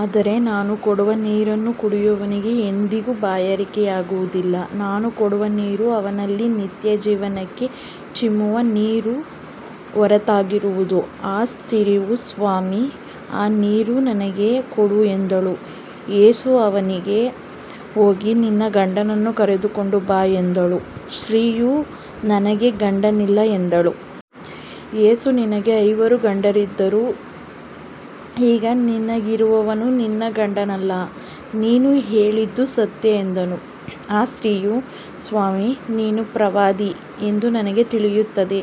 ಆದರೆ ನಾನು ಕೊಡುವ ನೀರನ್ನು ಕುಡಿಯುವವನಿಗೆ ಎಂದಿಗೂ ಬಾಯಾರಿಕೆಯಾಗುವುದಿಲ್ಲ. ನಾನು ಕೊಡುವ ನೀರು ಅವನಲ್ಲಿ ನಿತ್ಯಜೀವಕ್ಕೆ ಚಿಮ್ಮುವ ನೀರಿನ ಒರತೆಯಾಗುವುದು. ಆ ಸ್ತ್ರೀಯು, ಸ್ವಾಮೀ, ಆ ನೀರನ್ನು ನನಗೆ ಕೊಡು ಎಂದಳು. ಯೇಸು ಅವಳಿಗೆ, ಹೋಗಿ ನಿನ್ನ ಗಂಡನನ್ನು ಕರೆದುಕೊಂಡು ಬಾ ಎಂದನು. ಸ್ತ್ರೀಯು, ನನಗೆ ಗಂಡನಿಲ್ಲ ಎಂದಳು. ಯೇಸು, ನಿನಗೆ ಐವರು ಗಂಡಂದಿರು ಇದ್ದರು, ಈಗ ನಿನಗಿರುವವನು ನಿನ್ನ ಗಂಡನಲ್ಲ. ನೀನು ಹೇಳಿದ್ದು ಸತ್ಯ ಎಂದನು. ಆ ಸ್ತ್ರೀಯು, ಸ್ವಾಮೀ, ನೀನು ಪ್ರವಾದಿ ಎಂದು ನನಗೆ ತಿಳಿಯುತ್ತದೆ.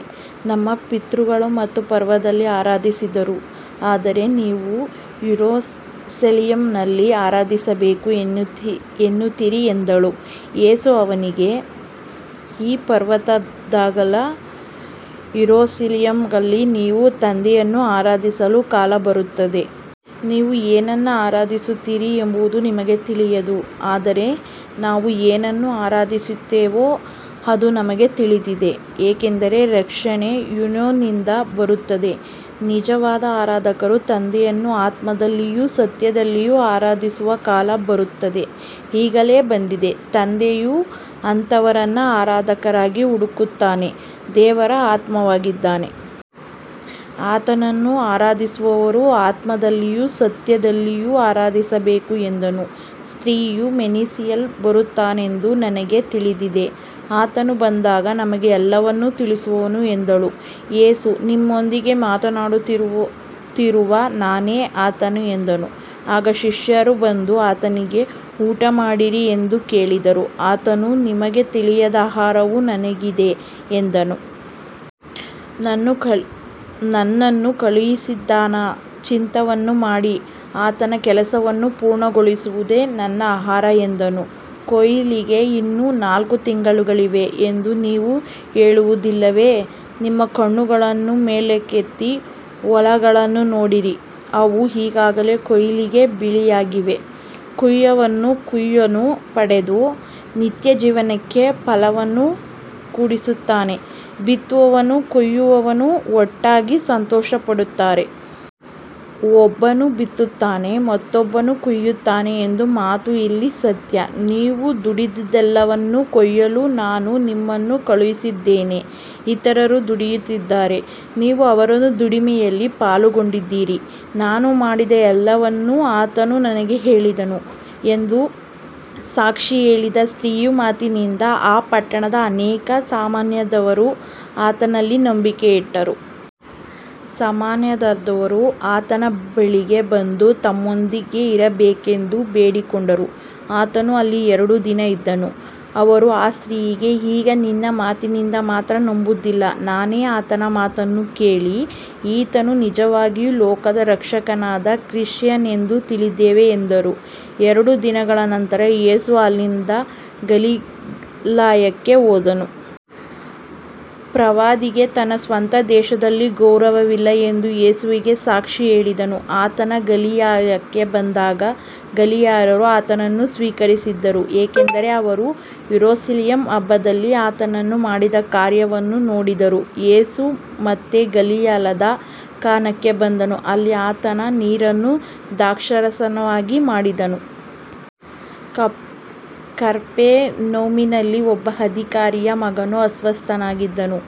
ನಮ್ಮ ಪಿತೃಗಳು ಈ ಪರ್ವತದಲ್ಲಿ ಆರಾಧಿಸಿದರು, ಆದರೆ ನೀವು ಯೆರೂಸಲೇಮಿನಲ್ಲೇ ಆರಾಧಿಸಬೇಕು ಎನ್ನುತ್ತೀರಿ ಎಂದಳು. ಯೇಸು ಅವಳಿಗೆ, ಈ ಪರ್ವತದಲ್ಲಾಗಲಿ ಯೆರೂಸಲೇಮಿನಲ್ಲಾಗಲಿ ನೀವು ತಂದೆಯನ್ನು ಆರಾಧಿಸದ ಕಾಲ ಬರುತ್ತದೆ. ನೀವು ಏನನ್ನು ಆರಾಧಿಸುತ್ತೀರಿ ಎಂಬುದು ನಿಮಗೆ ತಿಳಿಯದು, ಆದರೆ ನಾವು ಏನನ್ನು ಆರಾಧಿಸುತ್ತೇವೋ ಅದು ನಮಗೆ ತಿಳಿದಿದೆ, ಏಕೆಂದರೆ ರಕ್ಷಣೆ ಯೆಹೂದ್ಯರಿಂದ ಬರುತ್ತದೆ. ನಿಜವಾದ ಆರಾಧಕರು ತಂದೆಯನ್ನು ಆತ್ಮದಲ್ಲಿಯೂ ಸತ್ಯದಲ್ಲಿಯೂ ಆರಾಧಿಸುವ ಕಾಲ ಬರುತ್ತದೆ, ಈಗಲೇ ಬಂದಿದೆ. ತಂದೆಯು ಅಂತಹವರನ್ನೇ ಆರಾಧಕರಾಗಿ ಹುಡುಕುತ್ತಾನೆ. ದೇವರು ಆತ್ಮವಾಗಿದ್ದಾನೆ. ಆತನನ್ನು ಆರಾಧಿಸುವವರು ಆತ್ಮದಲ್ಲಿಯೂ ಸತ್ಯದಲ್ಲಿಯೂ ಆರಾಧಿಸಬೇಕು ಎಂದನು. ಸ್ತ್ರೀಯು, ಮೆಸ್ಸೀಯನು ಬರುತ್ತಾನೆಂದು ನನಗೆ ತಿಳಿದಿದೆ. ಆತನು ಬಂದಾಗ ನಮಗೆ ಎಲ್ಲವನ್ನೂ ತಿಳಿಸುವನು ಎಂದಳು. ಯೇಸು, ನಿನ್ನೊಂದಿಗೆ ಮಾತನಾಡುತ್ತಿರುವ ನಾನೇ ಆತನು ಎಂದನು. ಆಗ ಶಿಷ್ಯರು ಬಂದು ಆತನಿಗೆ ಊಟಮಾಡಿರಿ ಎಂದು ಕೇಳಿದರು. ಆತನು, ನಿಮಗೆ ತಿಳಿಯದ ಆಹಾರವು ನನಗಿದೆ ಎಂದನು. ನನ್ನನ್ನು ಕಳುಹಿಸಿದಾತನ ಚಿತ್ತವನ್ನು ಮಾಡಿ ಆತನ ಕೆಲಸವನ್ನು ಪೂರ್ಣಗೊಳಿಸುವುದೇ ನನ್ನ ಆಹಾರ ಎಂದನು. ಕೊಯ್ಲಿಗೆ ಇನ್ನೂ ನಾಲ್ಕು ತಿಂಗಳುಗಳಿವೆ ಎಂದು ನೀವು ಹೇಳುವುದಿಲ್ಲವೇ. ನಿಮ್ಮ ಕಣ್ಣುಗಳನ್ನು ಮೇಲಕ್ಕೆತ್ತಿ ಹೊಲಗಳನ್ನು ನೋಡಿರಿ. ಅವು ಈಗಾಗಲೇ ಕೊಯ್ಲಿಗೆ ಬಿಳಿಯಾಗಿವೆ. ಕೊಯ್ಯುವವನು ಕೂಲಿಯನ್ನು ಪಡೆದು ನಿತ್ಯಜೀವಕ್ಕೆ ಫಲವನ್ನು ಕೂಡಿಸುತ್ತಾನೆ. ಬಿತ್ತುವವನೂ ಕೊಯ್ಯುವವನೂ ಒಟ್ಟಾಗಿ ಸಂತೋಷಪಡುತ್ತಾರೆ. ಒಬ್ಬನು ಬಿತ್ತುತ್ತಾನೆ, ಮತ್ತೊಬ್ಬನು ಕೊಯ್ಯುತ್ತಾನೆ ಎಂಬ ಮಾತು ಇಲ್ಲಿ ಸತ್ಯ. ನೀವು ದುಡಿದದ್ದಲ್ಲದದ್ದನ್ನು ಕೊಯ್ಯಲು ನಾನು ನಿಮ್ಮನ್ನು ಕಳುಹಿಸಿದ್ದೇನೆ. ಇತರರು ದುಡಿದಿದ್ದಾರೆ, ನೀವು ಅವರ ದುಡಿಮೆಯಲ್ಲಿ ಪಾಲುಗೊಂಡಿದ್ದೀರಿ. ನಾನು ಮಾಡಿದ ಎಲ್ಲವನ್ನೂ ಆತನು ನನಗೆ ಹೇಳಿದನು ಎಂದು ಸಾಕ್ಷಿ ಹೇಳಿದ ಸ್ತ್ರೀಯ ಮಾತಿನಿಂದ ಆ ಪಟ್ಟಣದ ಅನೇಕ ಸಮಾರ್ಯದವರು ಆತನಲ್ಲಿ ನಂಬಿಕೆ ಇಟ್ಟರು. ಸಮಾರ್ಯದವರು ಆತನ ಬಳಿಗೆ ಬಂದು ತಮ್ಮೊಂದಿಗೆ ಇರಬೇಕೆಂದು ಬೇಡಿಕೊಂಡರು. ಆತನು ಅಲ್ಲಿ ಎರಡು ದಿನ ಇದ್ದನು. ಅವರು ಆ ಸ್ತ್ರೀಯಿಗೆ, ಈಗ ನಿನ್ನ ಮಾತಿನಿಂದ ಮಾತ್ರ ನಂಬುವುದಿಲ್ಲ. ನಾವೇ ಆತನ ಮಾತನ್ನು ಕೇಳಿ, ಈತನು ನಿಜವಾಗಿಯೂ ಲೋಕದ ರಕ್ಷಕನಾದ ಕ್ರಿಸ್ತನೆಂದು ತಿಳಿದಿದ್ದೇವೆ ಎಂದರು. ಎರಡು ದಿನಗಳ ನಂತರ ಯೇಸು ಅಲ್ಲಿಂದ ಗಲಿಲಾಯಕ್ಕೆ ಹೋದನು. ಪ್ರವಾದಿಗೆ ತನ್ನ ಸ್ವಂತ ದೇಶದಲ್ಲಿ ಗೌರವವಿಲ್ಲ ಎಂದು ಯೇಸುವೇ ಸಾಕ್ಷಿ ಹೇಳಿದ್ದನು. ಆತನು ಗಲಿಲಾಯಕ್ಕೆ ಬಂದಾಗ ಗಲಿಲಾಯರು ಆತನನ್ನು ಸ್ವೀಕರಿಸಿದರು, ಏಕೆಂದರೆ ಅವರು ಯೆರೂಸಲೇಮಿನ ಹಬ್ಬದಲ್ಲಿ ಆತನು ಮಾಡಿದ ಕಾರ್ಯಗಳನ್ನು ನೋಡಿದ್ದರು. ಯೇಸು ಮತ್ತೆ ಗಲಿಲಾಯದ ಕಾನಾಕ್ಕೆ ಬಂದನು. ಅಲ್ಲಿ ಆತನು ನೀರನ್ನು ದ್ರಾಕ್ಷಾರಸವನ್ನಾಗಿ ಮಾಡಿದ್ದನು. ಕಪೆರ್ನೌಮಿನಲ್ಲಿ ಒಬ್ಬ ಅಧಿಕಾರಿಯ ಮಗನು ಅಸ್ವಸ್ಥನಾಗಿದ್ದನು.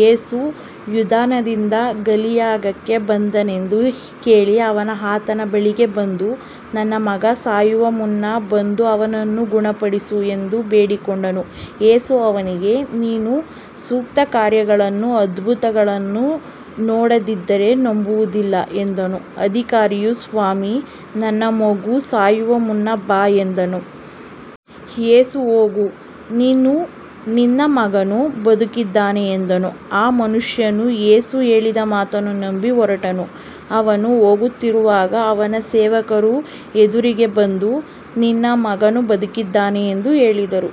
ಯೇಸು ಯೂದಾಯದಿಂದ ಗಲಿಲಾಯಕ್ಕೆ ಬಂದನೆಂದು ಕೇಳಿ ಅವನು ಆತನ ಬಳಿಗೆ ಬಂದು, ನನ್ನ ಮಗನು ಸಾಯುವ ಮುನ್ನ ಬಂದು ಅವನನ್ನು ಗುಣಪಡಿಸು ಎಂದು ಬೇಡಿಕೊಂಡನು. ಯೇಸು ಅವನಿಗೆ, ನೀವು ಸೂಚಕಕಾರ್ಯಗಳನ್ನೂ ಅದ್ಭುತಗಳನ್ನೂ ನೋಡದಿದ್ದರೆ ನಂಬುವುದಿಲ್ಲ ಎಂದನು. ಅಧಿಕಾರಿಯು, ಸ್ವಾಮೀ, ನನ್ನ ಮಗು ಸಾಯುವ ಮುನ್ನ ಬಾ ಎಂದನು. ಯೇಸು, ಹೋಗು, ನಿನ್ನ ಮಗನು ಬದುಕಿದ್ದಾನೆ ಎಂದನು. ಆ ಮನುಷ್ಯನು ಯೇಸು ಹೇಳಿದ ಮಾತನ್ನು ನಂಬಿ ಹೊರಟನು. ಅವನು ಹೋಗುತ್ತಿರುವಾಗ ಅವನ ಸೇವಕರು ಎದುರಿಗೆ ಬಂದು, ನಿನ್ನ ಮಗನು ಬದುಕಿದ್ದಾನೆ ಎಂದು ಹೇಳಿದರು.